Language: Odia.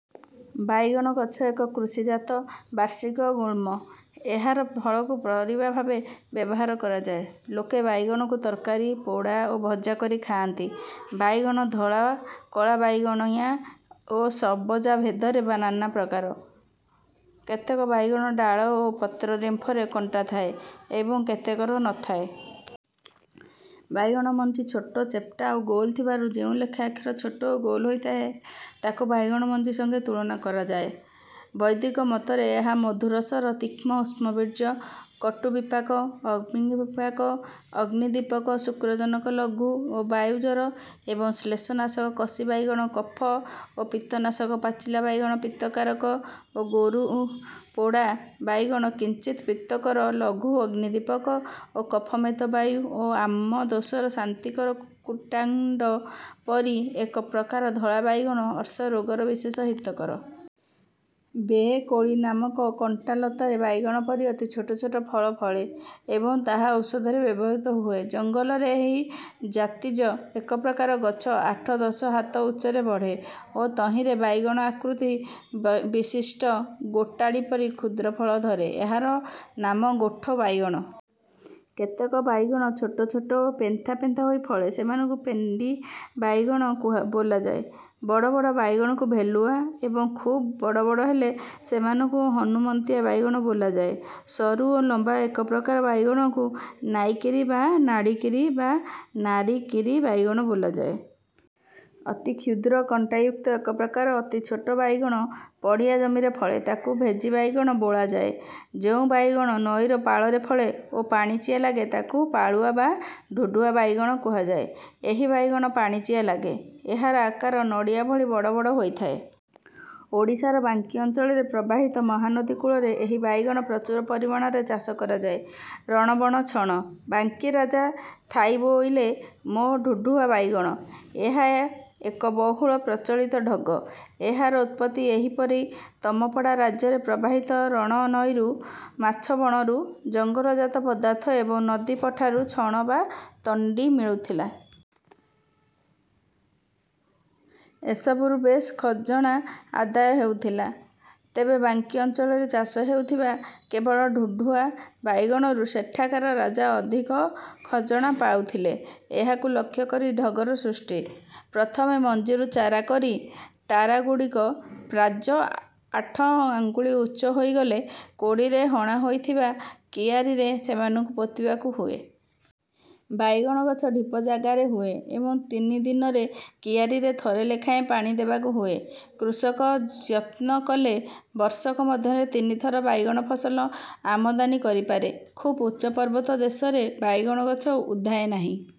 ବାଇଗଣ ଗଛ ଏକ କୃଷି ଜାତ ବାର୍ଷିକ ଗୁଳ୍ମ। ଏହାର ଫଳକୁ ପରିବା ଭାବେ ବ୍ୟବହାର କରାଯାଏ। ଲୋକେ ବାଇଗଣକୁ ତରକାରୀ ପୋଡ଼ା ଓ ଭଜା କରି ଖାଆନ୍ତି। ବାଇଗଣ ଧଳା କଳା ବାଇଗଣିଆ ଓ ସବଜା ଭେଦରେ ନାନାପ୍ରକାର। କେତେକ ବାଇଗଣ ଡ଼ାଳ ଓ ପତ୍ର ଡ଼େମ୍ଫରେ କଣ୍ଟା ଥାଏ ଏବଂ କେତେକରେ ନ ଥାଏ। ବାଇଗଣ ମଞ୍ଜି ଛୋଟ ଚେପଟା ଓ ଗୋଲ ଥିବାରୁ ଯେଉଁ ଲେଖା ଅକ୍ଷର ଛୋଟ ଓ ଗୋଲ ହୋଇ ଥାଏ ତାକୁ ବାଇଗଣ ମଞ୍ଜି ସଙ୍ଗେ ତୁଳନା କରାୟାଏ। ବୈଦ୍ୟକମତରେ ଏହା ମଧୁରରସ ତୀକ୍ଷ୍ଣ ଉଷ୍ଣବୀର୍ଯ୍ୟ କଟୁବିପାକ ଅଗ୍ନିବିପାକ ଅଗ୍ନିଦୀପକ ଶୁକ୍ରଜନକ ଲଘୁ ଓ ବାୟୁ ଜର ଏବଂ ଶ୍ଲେଷନାଶକ କଷି ବାଇଗଣ କଫ ଓ ପିତ୍ତନାଶକ ପାଚିଲା ବାଇଗଣ ପିତ୍ତକାରକ ଓ ଗୁରୁ ପୋଡ଼ା ବାଇଗଣ କିଞ୍ଚିତ୍ ପିତ୍ତକର ଲଘୁ ଅଗ୍ନିଦୀପକ ଓ କଫ ମେଦ ବାୟୁ ଓ ଆମଦୋଷର ଶାନ୍ତିକର କୁକୁଟାଣ୍ଡ ପରି ଏକ ପ୍ରକାର ଧଳା ବାଇଗଣ ଅର୍ଶରୋଗରେ ବିଶେଷ ହିତକର। ବେଏ କୋଳି ନାମକ କଣ୍ଟାଲତରେ ବାଇଗଣ ପରି ଅତି ଛୋଟ ଛୋଟ ଫଳ ଫଳେ ଏବଂ ତାହା ଔଷଧରେ ବ୍ୟବହୃତ ହୁଏ। ଜଙ୍ଗଲରେ ଏହି ଜାତୀଯ ଏକପ୍ରକାର ଗଛ ଆଠ ଦଶ ହାତ ଉଚ୍ଚରେ ବଢ଼େ ଓ ତହିଁରେ ବାଇଗଣ ଆକୃତି ବିଶିଷ୍ଟ ଗୋଟାଳି ପରି କ୍ଷୁଦ୍ରଫଳ ଧରେ ଏହାର ନାମ ଗୋଠ ବାଇଗଣ। କେତେକ ବାଇଗଣ ଛୋଟ ଛୋଟ ଓ ପେନ୍ଥା ପେନ୍ଥା ହୋଇ ଫଳେ ସେମାନଙ୍କୁ ପେଣ୍ଡୀ ବାଇଗଣ ବୋଲାଯାଏ। ବଡ଼ ବଡ଼ ବାଇଗଣକୁ ଭେଲୁଆ ଏବଂ ଖୁବ୍ ବଡ଼ ବଡ଼ ହେଲେ ସେମାନଙ୍କୁ ହନୁମନ୍ତିଆ ବାଇଗଣ ବୋଲାଯାଏ। ସରୁ ଓ ଲମ୍ବା ଏକପ୍ରକର ବାଇଗଣକୁ ନାଇକିରି ବା ନାଡ଼ିକିରି ବା ନାରିକିରି ବାଇଗଣ ବୋଲାଯାଏ। ଅତି କ୍ଷୁଦ୍ର କଣ୍ଟାୟୁକ୍ତ ଏକପ୍ରକାର ଅତି ଛୋଟ ବାଇଗଣ ପଡ଼ିଆ ଜମିରେ ଫଳେ ତାକୁ ଭେଜୀବାଇଗଣ ବୋଳାଯାଏ। ଯେଉଁ ବାଇଗଣ ନଈର ପାଳରେ ଫଳେ ଓ ପାଣିଚିଆ ଲାଗେ ତାକୁ ପାଳୁଅ ବା ଢୁଢୁଆ ବାଇଗଣ କୁହାଯାଏ। ଏହି ବାଇଗଣ ପାଣିଚିଆ ଲାଗେ। ଏହାର ଆକାର ନଡ଼ିଆ ଭଳି ବଡ଼ ବଡ଼ ହୋଇଥାଏ। ଓଡ଼ିଶାର ବାଙ୍କୀ ଅଞ୍ଚଳରେ ପ୍ରବାହିତ ମହାନଦୀ କୂଳରେ ଏହି ବାଇଗଣ ପ୍ରଚୁର ପରିମାଣରେ ଚାଷ କରାଯାଏ। ରଣ ବଣ ଛଣ। ବାଙ୍କୀରାଜା ଥାଇବୋଇଲେ ମୋ ଢଢ଼ୁଆ ବାଇଗଣ।। ଏହା ଏକ ବହୁଳ ପ୍ରଚଳିତ ଢଗ। ଏହାର ଉତ୍ପତି ଏହିପରି ଡମପଡ଼ା ରାଜ୍ୟରେ ପ୍ରବାହିତ ରଣ ନଈରୁ ମାଛ ବଣରୁ ଜଙ୍ଗଲ ଜାତ ପଦାର୍ଥ ଏବଂ ନଦୀ ପଠାରୁ ଛଣ ବା ତଣ୍ଡି ମିଳୁଥିଲା। ଏ ସବୁରୁ ବେଶ ଖଜଣା ଆଦାୟ ହେଉଥିଲା। ତେବେ ବାଙ୍କୀ ଅଞ୍ଚଳରେ ଚାଷ ହେଉଥିବା କେବଳ ଢୁଢ଼ୁଆ ବାଇଗଣରୁ ସେଠାକାର ରାଜା ଅଧିକ ଖଜଣା ପାଉଥିଲେ। ଏହାକୁ ଲକ୍ଷ୍ୟ କରି ଢଗର ସୃଷ୍ଟି। ପ୍ରଥମେ ମଞ୍ଜିରୁ ଚାରା କରି ଟାରାଗୁଡ଼ିକ ପ୍ରାଯ ଆଠ ଆଙ୍ଗୁଳ ଉଚ୍ଚ ହୋଇଗଲେ କୋଡ଼ିରେ ହଣା ହୋଇଥିବା କିଆରିରେ ସେମାନଙ୍କୁ ପୋତିବାକୁ ହୁଏ। ବାଇଗଣ ଗଛ ଢ଼ିପ ଯାଗାରେ ହୁଏ ଏବଂ ତିନି ଦିନରେ କିଆରିରେ ଥରେ ଲେଖାଏଁ ପାଣି ଦେବାକୁ ହୁଏ। କୃଷକ ୟତ୍ନ କଲେ ବର୍ଷକ ମଧ୍ୟରେ ତିନିଥର ବାଇଗଣ ଫସଲ ଆମଦାନି କରି ପାରେ। ଖୁବ୍ ଉଚ୍ଚ ପାର୍ବତ ଦେଶରେ ବାଇଗଣ ଗଛ ଉଧାଏ ନାହିଁ।